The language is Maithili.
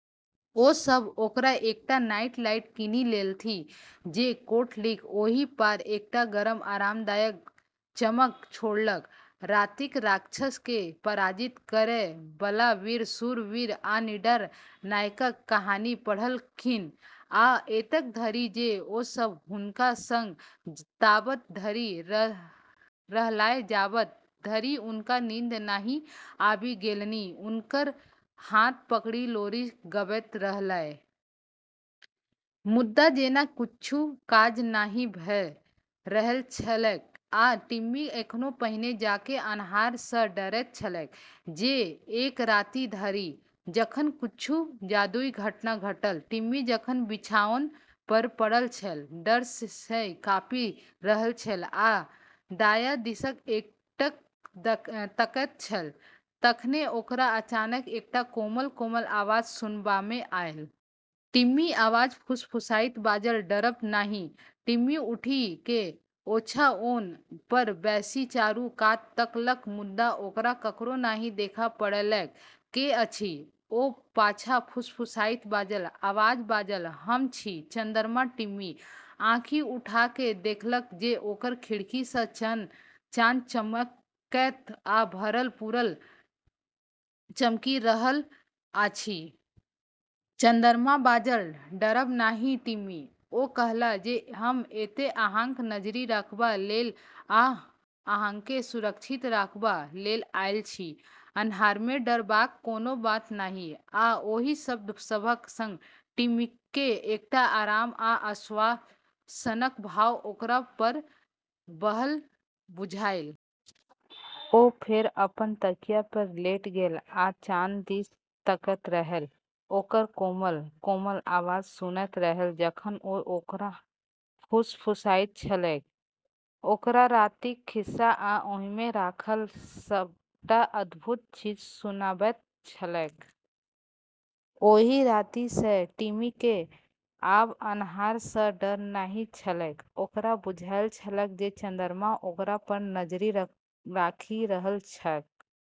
ओ सभ ओकरा एकटा नाइटलाइट कीनि लेलथि जे कोठलीक ओहि पार एकटा गरम, आरामदायक चमक छोड़लक। रातिक राक्षसकेँ पराजित करय बला वीर शूरवीर आ निडर नायकक कहानी पढ़लखिन्ह। आ एतेक धरि जे ओ सभ हुनका संग ताबत धरि रहलाह जाबत धरि हुनका नींद नहि आबि गेलनि, हुनकर हाथ पकड़ि लोरी गबैत रहलाह। मुदा जेना किछु काज नहि भ’ रहल छलैक, आ टिम्मी एखनो पहिने जकाँ अन्हार सँ डरैत छलैक। जे एक राति धरि, जखन किछु जादुई घटना घटल। टिम्मी जखन बिछाओन पर पड़ल छल, डर सँ काँपि रहल छल आ छाया दिस एकटक तकैत छल, तखने ओकरा अचानक एकटा कोमल, कोमल आवाज सुनबामे आयल। "टिम्मी" आवाज फुसफुसाइत बाजल। "डरब नहि।" टिम्मी उठि क’ ओछाओन पर बैसि चारू कात तकलक, मुदा ओकरा ककरो नहि देखा पड़लैक। "के अछि?" ओ पाछाँ फुसफुसाइत बाजल। आवाज बाजल, "हम छी, चन्द्रमा।" टिम्मी आँखि उठा क’ देखलक जे ओकर खिड़की सँ चान चमकैत आ भरल-पूरल चमकि रहल अछि। चन्द्रमा बाजल, "डरब नहि टिम्मी।" ओ कहला जे हम एतय अहाँक नजरि राखबा लेल आ अहाँकेँ सुरक्षित राखबा लेल आयल छी। अन्हारमे डरबाक कोनो बात नहि। आ ओहि शब्द सभक संग टिम्मीकेँ एकटा आराम आ आश्वासनक भाव ओकरा पर बहल बुझायल। ओ फेर अपन तकिया पर लेट गेल आ चान दिस तकैत रहल, ओकर कोमल, कोमल आवाज सुनैत रहल जखन ओ ओकरा फुसफुसाइत छलैक, ओकरा रातिक खिस्सा आ ओहिमे राखल सभटा अद्भुत चीज सुनाबैत छलैक। ओहि राति सँ टिम्मीकेँ आब अन्हार सँ डर नहि छलैक। ओकरा बुझल छलैक जे चन्द्रमा ओकरा पर नजरि राखि रहल छैक।